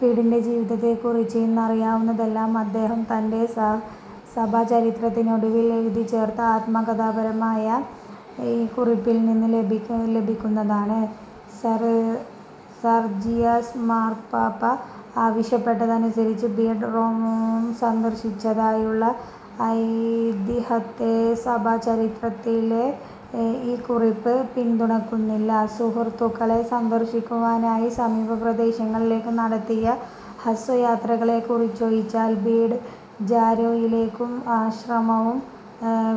ബീഡിന്റെ ജീവിതത്തെക്കുറിച്ച് ഇന്ന് അറിയാവുന്നതെല്ലാം അദ്ദേഹം തന്റെ സഭാചരിത്രത്തിനൊടുവിൽ എഴുതിച്ചേർത്ത ആത്മകഥാപരമായ ഈ കുറിപ്പിൽ നിന്ന് ലഭിക്കുന്നതാണ്:- സെർജിയസ് മാർപ്പാപ്പ ആവശ്യപ്പെട്ടതനുസരിച്ച് ബീഡ് റോം സന്ദർശിച്ചതായുള്ള ഐതിഹ്യത്തെ സഭാചരിത്രത്തിലെ ഈ കുറിപ്പ് പിന്തുണയ്ക്കുന്നില്ല. സുഹൃത്തുക്കളെ സന്ദർശിക്കുവാനായി സമീപപ്രദേശങ്ങളിലേക്ക് നടത്തിയ ഹ്രസ്വയാത്രകളൊഴിച്ചാൽ ബീഡ് ജാരോയിലേയും ആശ്രമവും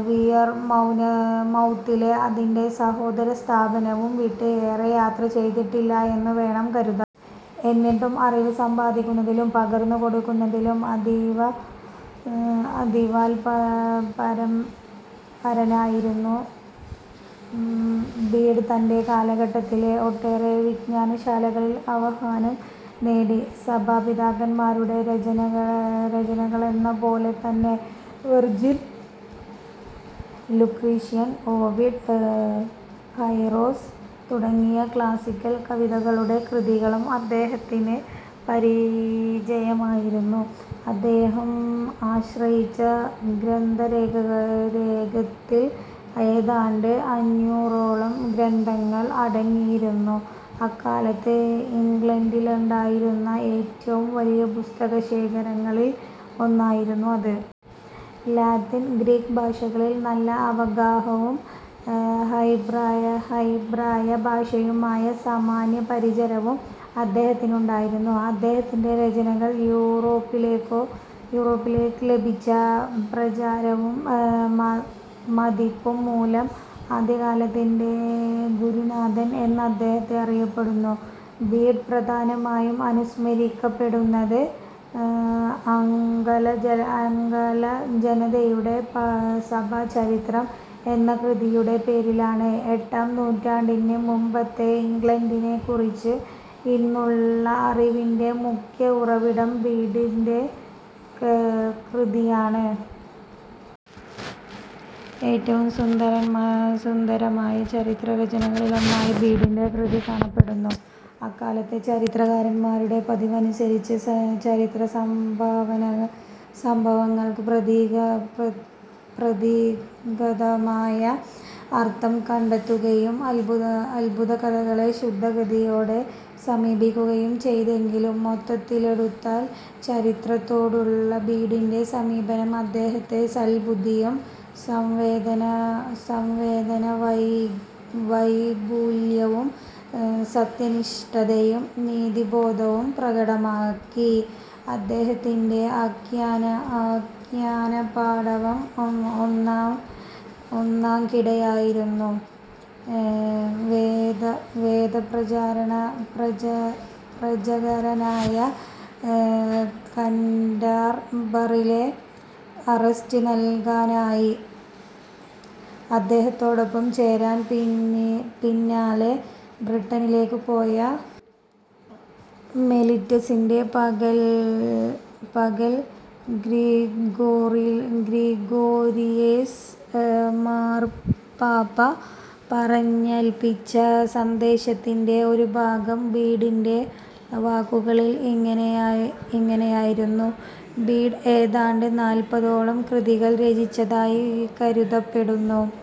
വിയർമൗത്തിലെ അതിന്റെ സഹോദരസ്ഥാപനവും വിട്ട് ഏറെ യാത്ര ചെയ്തിട്ടില്ലെന്നു വേണം കരുതാൻ. എന്നിട്ടും, അറിവ് സമ്പാദിക്കുന്നതിലും പകർന്നുകൊടുക്കുന്നതിലും അതീവതൽപരനായിരുന്ന ബീഡ് തന്റെ കാലഘട്ടത്തിലെ ഒട്ടേറെ വിജ്ഞാനശാഖകളിൽ അവഗാഹം നേടി. സഭാപിതാക്കാന്മാരുടെ രചനകളെന്നപോലെതന്നെ, വെർജിൽ, ലുക്രീഷ്യസ്, ഓവിഡ്, ഹൊറേസ് തുടങ്ങിയ ക്ലാസ്സിക്കൽ കവികളുടെ കൃതികളും അദ്ദേഹത്തിന് പരിചയമായിരുന്നു. അദ്ദേഹം ആശ്രയിച്ച ഗ്രന്ഥശേഖരത്തിൽ ഏതാണ്ട് അഞ്ഞൂറോളം ഗ്രന്ഥങ്ങൾ അടങ്ങിയിരുന്നു. അക്കാലത്ത് ഇംഗ്ലണ്ടിലുണ്ടായിരുന്ന ഏറ്റവും വലിയ പുസ്തകശേഖരങ്ങളിൽ ഒന്നായിരുന്നു അത്. ലാറ്റിൻ, ഗ്രീക്ക് ഭാഷകളിൽ നല്ല അവഗാഹവും ഹെബ്രായ ഭാഷയുമായി സാമാന്യപരിചയവും അദ്ദേഹത്തിനുണ്ടായിരുന്നു. അദ്ദേഹത്തിന്റെ രചനകൾക്ക് യൂറോപ്പിലാകെ ലഭിച്ച പ്രചാരവും മതിപ്പും മൂലം മദ്ധ്യകാലത്തിന്റെ ഗുരുനാഥൻ എന്ന് അദ്ദേഹം അറിയപ്പെട്ടു.. ബീഡ് പ്രധാനമായും അനുസ്മരിക്കപ്പെടുന്നത് ആംഗലജനതയുടെ സഭാചരിത്രം എന്ന കൃതിയുടെ പേരിലാണ്. എട്ടാം നൂറ്റാണ്ടിന് മുൻപത്തെ ഇംഗ്ലണ്ടിനെക്കുറിച്ച് ഇന്നുള്ള അറിവിന്റെ മുഖ്യ ഉറവിടം ബീഡിന്റെ കൃതിയാണ്. ഏറ്റവും സുന്ദരമായ ചരിത്രരചനകളിലൊന്നായി ബീഡിന്റെ കൃതി കണക്കാക്കപ്പെടുന്നു. അക്കാലത്തെ ചരിത്രകാരന്മാരുടെ പതിവനുസരിച്ച് ചരിത്രസംഭവങ്ങൾക്ക് പ്രതീകാത്മകമായ അർത്ഥം കണ്ടെത്തുകയും, അത്ഭുതകഥകളെ ശുദ്ധഗതിയോടെ സമീപിക്കുകയും ചെയ്തെങ്കിലും മൊത്തത്തിലെടുത്താൽ ചരിത്രത്തോടുള്ള ബീഡിന്റെ സമീപനം അദ്ദേഹത്തിന്റെ സൽബുദ്ധിയും, സംവേദനാവൈപുല്യവും, സത്യനിഷ്ഠയും, നീതിബോധവും പ്രകടമാക്കി.. അദ്ദേഹത്തിന്റെ ആഖ്യാനപാടവം ഒന്നാംകിടയായിരുന്നു. വേദപ്രചാരകനായ കാന്റർബറിയിലെ അഗസ്റ്റിന് നൽകാനായി, അദ്ദേഹത്തോടൊപ്പം ചേരാൻ പിന്നാലെ ബ്രിട്ടണിലേക്ക് പോയ മെലിറ്റസിന്റെ പക്കൽ ഗ്രിഗോരിയോസ് മാർപ്പാപ്പ പറഞ്ഞേല്പ്പിച്ച സന്ദേശത്തിന്റെ ഒരുഭാഗം ബീഡിന്റെ വാക്കുകളിൽ ഇങ്ങനെയായിരുന്നു:- ബീഡ് ഏതാണ്ട് നാല്പതോളം കൃതികൾ രചിച്ചതായി കരുതപ്പെടുന്നു.